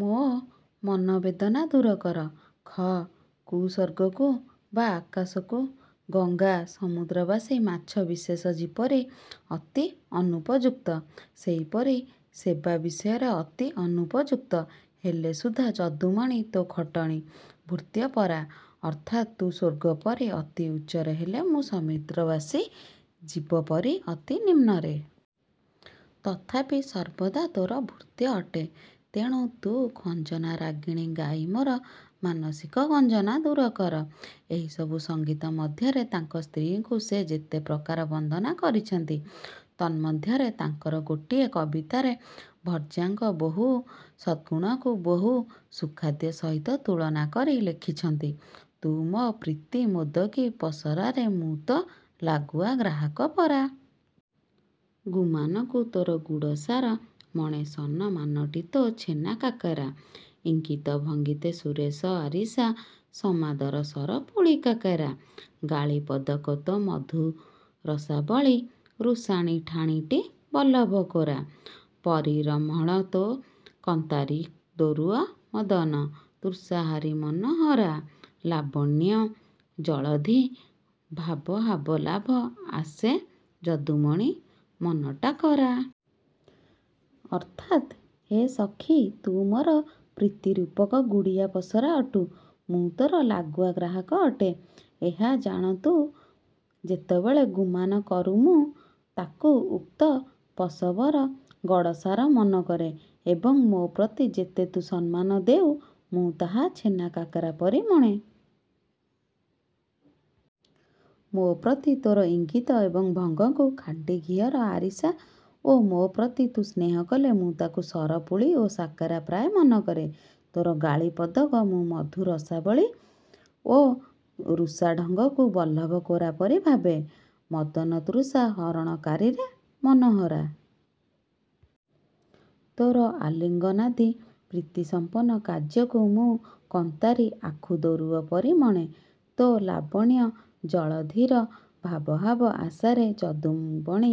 ମୋ ମନୋବେଦନା ଦୂରକର। 'ଖ' କୁ-ସ୍ୱର୍ଗକୁ-ବା ଆକାଶକୁ, ଗଙ୍ଗା-ସମୁଦ୍ରବାସୀ ମାଛ ବିଶେଷ ଯେପରି ଅତି ଅନୁପଯୁକ୍ତ, ସେହିପରି ସେବା ବିଷୟରେ ଅତି ଅନୁପଯୁକ୍ତ ହେଲେ ସୁଦ୍ଧା ଯଦୁମଣି ତୋ ଖଟଣୀ-ଭୃତ୍ୟ ପରା? ଅର୍ଥାତ ତୁ ସ୍ୱର୍ଗପରି ଅତି ଉଚ୍ଚରେ ହେଲେ ମୁଁ ସମୁଦ୍ରବାସୀ ଜୀବପରି ଅତି ନିମ୍ନରେ। ତଥାପି ସର୍ବଦା ତୋର ଭୃତ୍ୟ ଅଟେ। ତେଣୁ ତୁ ଖଞ୍ଜନା ରାଗିଣୀ ଗାଇ ମୋର ମାନସିକ ଗଞ୍ଜନା ଦୂରକର। ଏହିସବୁ ସଙ୍ଗୀତ ମଧ୍ୟରେ ତାଙ୍କ ସ୍ତ୍ରୀଙ୍କୁ ସେ ଯେତେ ପ୍ରକାର ବନ୍ଦନା କରିଛନ୍ତି, ତନ୍ମଧ୍ୟରେ ତାଙ୍କର ଗୋଟିଏ କବିତାରେ ଭର୍ଯ୍ୟାଙ୍କ ବହୁ ସଦ୍ଗୁଣକୁ ବହୁ ସୁଖାଦ୍ୟ ସହିତ ତୁଳନା କରି ଲେଖିଛନ୍ତ ତୁ ମୋ ପ୍ରୀତି ମୋଦକୀ ପସରାରେ ମୁଁ ତୋ ଲାଗୁଆ ଗ୍ରାହକ ପରା। ଗୁମାନକୁ ତୋର ଗୁଡ଼ସାର ମଣେ ସନମାନଟି ତୋ ଛେନା କାକରା। ଇଙ୍ଗିତ ଭଙ୍ଗିତୋ ସୁରସ ଆରିସା ସମାଦର ସରପୁଳି କାକରା। ଗାଳି ପଦକ ତୋ ମଧୁରସାବଳୀ ରୁଷାଣି ଠାଣିଟି ବଲ୍ଲଭ କୋରା। ପରିରମ୍ଭଣ ତୋ କନ୍ତାରି ଦୋରୁଅ ମଦନ ତୃଷାହାରୀ ମନୋହରା। ଲାବଣ୍ୟ ଜଳଧି ଭାବହାବ ଲାଭ ଆଶେ ଯଦୁମଣି ମନଟାକରା। ଅର୍ଥାତ୍-ହେ ସଖି! ତୁ ମୋର ପ୍ରୀତିରୂପକ ଗୁଡ଼ିଆ ପସରା ଅଟୁ। ମୁଁ ତୋର ଲାଗୁଆ ଗ୍ରାହକ ଅଟେ-ଏହା ଜାଣ। ତୁ ଯେତେବେଳ ଗୁମାନ କରୁ ମୁଁ ତାକୁ ଉକ୍ତ ପସବର ଗଡ଼ସାର ମନେକରେ। ଏବଂ ମୋ ପ୍ରତି ଯେତେ ତୁ ସମ୍ମାନ ଦେଉ ମୁଁ ତାହା ଛୋନକାକରା ପରି ମଣେ। ମୋ ପ୍ରତି ତୋର ଇଙ୍ଗିତ ଏବଂ ଭଙ୍ଗକୁ ଖାଣ୍ଟିଘିଅର ଆରିସା ଓ ମୋ ପ୍ରତି ତୁ ସ୍ନେହକଲେ ମୁଁ ତାକୁ ସରପୁଳି ଓ ସାକରା ପ୍ରାୟ ମନେକରେ। ତୋର ଗାଳି−ପଦକ ମୁଁ ମଧୁ ରସାବଳୀ ଓ ରୁଷାଢଙ୍ଗକୁ ବଲ୍ଲଭ କୋରା ପରି ଭାବେ। ମଦନତୃଷା ହରଣକାରିରେ ମନୋହରା! ତୋର ଆଲିଙ୍ଗନାଦି ପ୍ରୀତିସଂପନ୍ନ କାର୍ଯ୍ୟକୁ ମୁଁ କନ୍ତାରି ଆଖୁଦୋରୁଅ ପରି ମଣେ। ତୋ ଲାବଣ୍ୟ ଜଳଧିର ଭାବହାବ ଆଶାରେ ଯଦୁବଣି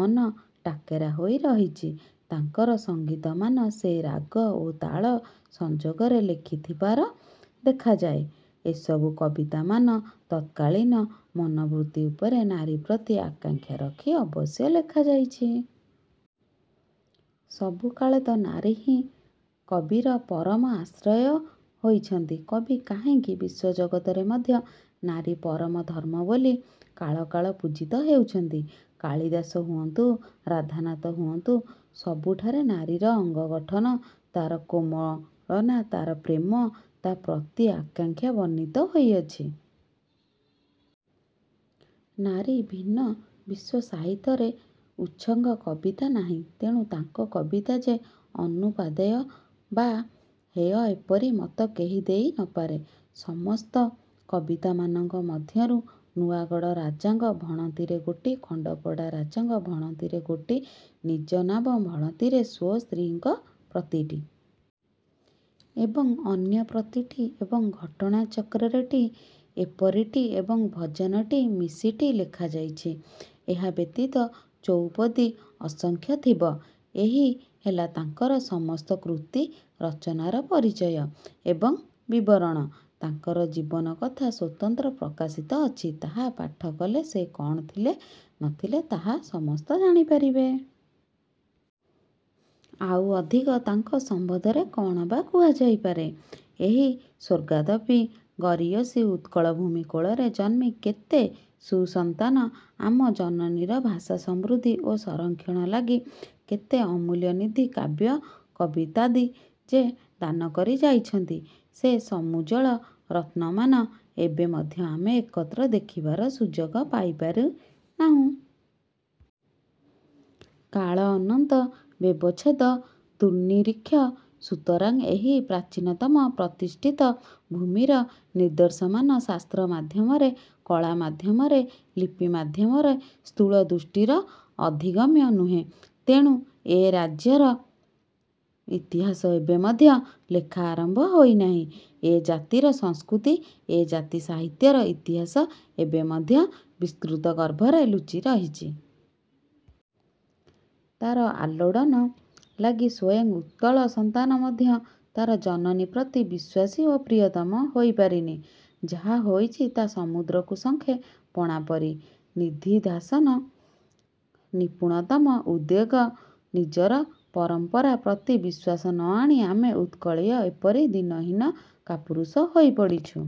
ମନ ଟାକରା ହୋଇ ରହିଛି। ତାଙ୍କର ସଂଗୀତମାନ ସେ ରାଗ ଓ ତାଳ ସଂଯୋଗରେ ଲେଖି ଥିବାର ଦେଖାଯାଏ। ଏସବୁ କବିତାମାନ ତତ୍କାଳୀନ ମନୋବୃତ୍ତି ଉପରେ ନାରୀପ୍ରତି ଆକାଙ୍କ୍ଷା ରଖି ଅବଶ୍ୟ ଲେଖାଯାଇଛି। ସବୁକାଳେତ ନାରୀହିଁ କବିର ପରମ ଆଶ୍ରୟ ହୋଇଛନ୍ତି। କବି କାହିଁକି ବିଶ୍ୱଜଗତରେ ମଧ୍ୟ ନାରୀ ପରମ ଧର୍ମ୍ମ ବୋଲି କାଳ କାଳ ପୂଜିତ ହେଉଛନ୍ତି। କାଳୀଦାସ ହୁଅନ୍ତୁ, ରାଧାନାଥ ହୁଅନ୍ତୁ, ସବୁଠାରେ ନାରୀର ଅଙ୍ଗଗଠନ, ତାର କୋମଳନା, ତାର ପ୍ରେମ, ତା ପ୍ରତି ଆକାଙ୍କ୍ଷା ବର୍ଣ୍ଣିତ ହୋଇଅଛି। ନାରୀଭିନ୍ନ ବିଶ୍ୱ−ସାହିତ୍ୟରେ ଉଚ୍ଚଙ୍ଗ କବିତା ନାହିଁ। ତେଣୁ ତାଙ୍କ କବିତା ଯେ ଅନୁପାଦେୟ ବା ହେୟ ଏପରି ମତ କେହି ଦେଇ ନ ପାରେ। ସମସ୍ତ କବିତାମାନଙ୍କ ମଧ୍ୟରୁ ନୂଆଁଗଡ଼ ରାଜାଙ୍କ ଭଣତିରେ ଗୋଟି, ଖଣ୍ଡପଡ଼ା ରାଜାଙ୍କ ଭଣତିରେ ଗୋଟି, ନିଜନାମ ଭଣତିରେ ସ୍ୱ ସ୍ତ୍ରୀଙ୍କ ପ୍ରତି ଟି। ଏବଂ ଅନ୍ୟପ୍ରତି ଟି ଏବଂ ଘଟଣା ଚକ୍ରରେ ଟି ଏପରି ଟି ଏବଂ ଭଜନ ଟି ମିଶି ଟି ଲେଖାଯାଇଛି। ଏହା ବ୍ୟତୀତ ଚଉପଦୀ ଅସଂଖ୍ୟ ଥିବ। ଏହି ହେଲା ତାଙ୍କର ସମସ୍ତକୃତୀ ରଚନାର ପରିଚୟ ଏବଂ ବିବରଣ। ତାଙ୍କର ଜୀବନ କଥା ସ୍ୱତନ୍ତ୍ର ପ୍ରକାଶିତ ଅଛି, ତାହା ପାଠକଲେ ସେ କଣ ଥିଲେ, ନ ଥିଲେ ତାହା ସମସ୍ତେ ଜାଣିପାରିବେ। ଆଉ ଅଧିକ ତାଙ୍କ ସମ୍ବନ୍ଧରେ କଣ ବା କୁହାଯାଇପାରେ? ଏହି ସ୍ୱର୍ଗାଦପି ଗରୀୟସୀ ଉତ୍କଳ ଭୂମି କୋଳରେ ଜନ୍ମି କେତେ ସୁସନ୍ତାନ ଆମ ଜନନୀର ଭାଷା ସମୃଦ୍ଧି ଓ ସଂରକ୍ଷଣ ଲାଗି କେତେ ଅମୂଲ୍ୟନିଧି କାବ୍ୟ କବିତାଦି ଯେ ଦାନକରି ଯାଇଛନ୍ତି, ସେ ସମୂଜ୍ଜ୍ୱଳ ରତ୍ନମାନ ଏବେ ମଧ୍ୟ ଆମେ ଏକତ୍ର ଦେଖିବାର ସୁଯୋଗ ପାଇପାରି ନାହୁଁ। କାଳ ଅନନ୍ତ, ବ୍ୟବଚ୍ଛେଦ ଦୁର୍ନିରୀକ୍ଷ; ସୁତରାଂ ଏହି ପ୍ରାଚୀନତମ ପ୍ରତିଷ୍ଠିତ ଭୂମିର ନିଦର୍ଶନମାନ ଶାସ୍ତ୍ର ମାଧ୍ୟମରେ, କଳା ମାଧ୍ୟମରେ, ଲିପି ମାଧ୍ୟମରେ ସ୍ଥୂଳଦୃଷ୍ଟିର ଅଧିଗମ୍ୟ ନୁହେଁ। ତେଣୁ ଏ ରାଜ୍ୟର ଇତିହାସ ଏବେ ମଧ୍ୟ ଲେଖା ଆରମ୍ଭ ହୋଇନାହିଁ। ଏ ଜାତିର ସଂସ୍କୃତି, ଏ ଜାତି ସାହିତ୍ୟର ଇତିହାସ ଏବେ ମଧ୍ୟ ବିସ୍କୃତଗର୍ଭରେ ଲୁଚି ରହିଛି। ତାର ଆଲୋଡ଼ନ ଲାଗି ସ୍ୱୟଂ ଉତ୍କଳ ସନ୍ତାନ ମଧ୍ୟ ତାର ଜନନୀ ପ୍ରତି ବିଶ୍ୱାସୀ ଓ ପ୍ରୀୟତମ ହୋଇପାରିନି। ଯାହା ହୋଇଚି ତା ସମୁଦ୍ରକୁ ଶଙ୍ଖେ ପଣା ପରି। ନିଦିଧ୍ୟାସନ, ନିପୁଣତମ ଉଦ୍ଯୋଗ, ନିଜର ପରଂପରା ପ୍ରତି ବିଶ୍ୱାସ ନ ଆଣି ଆମେ ଉତ୍କଳୀୟ ଏପରି ଦୀନହୀନ କାପୁରୁଷ ହୋଇପଡ଼ିଛୁ।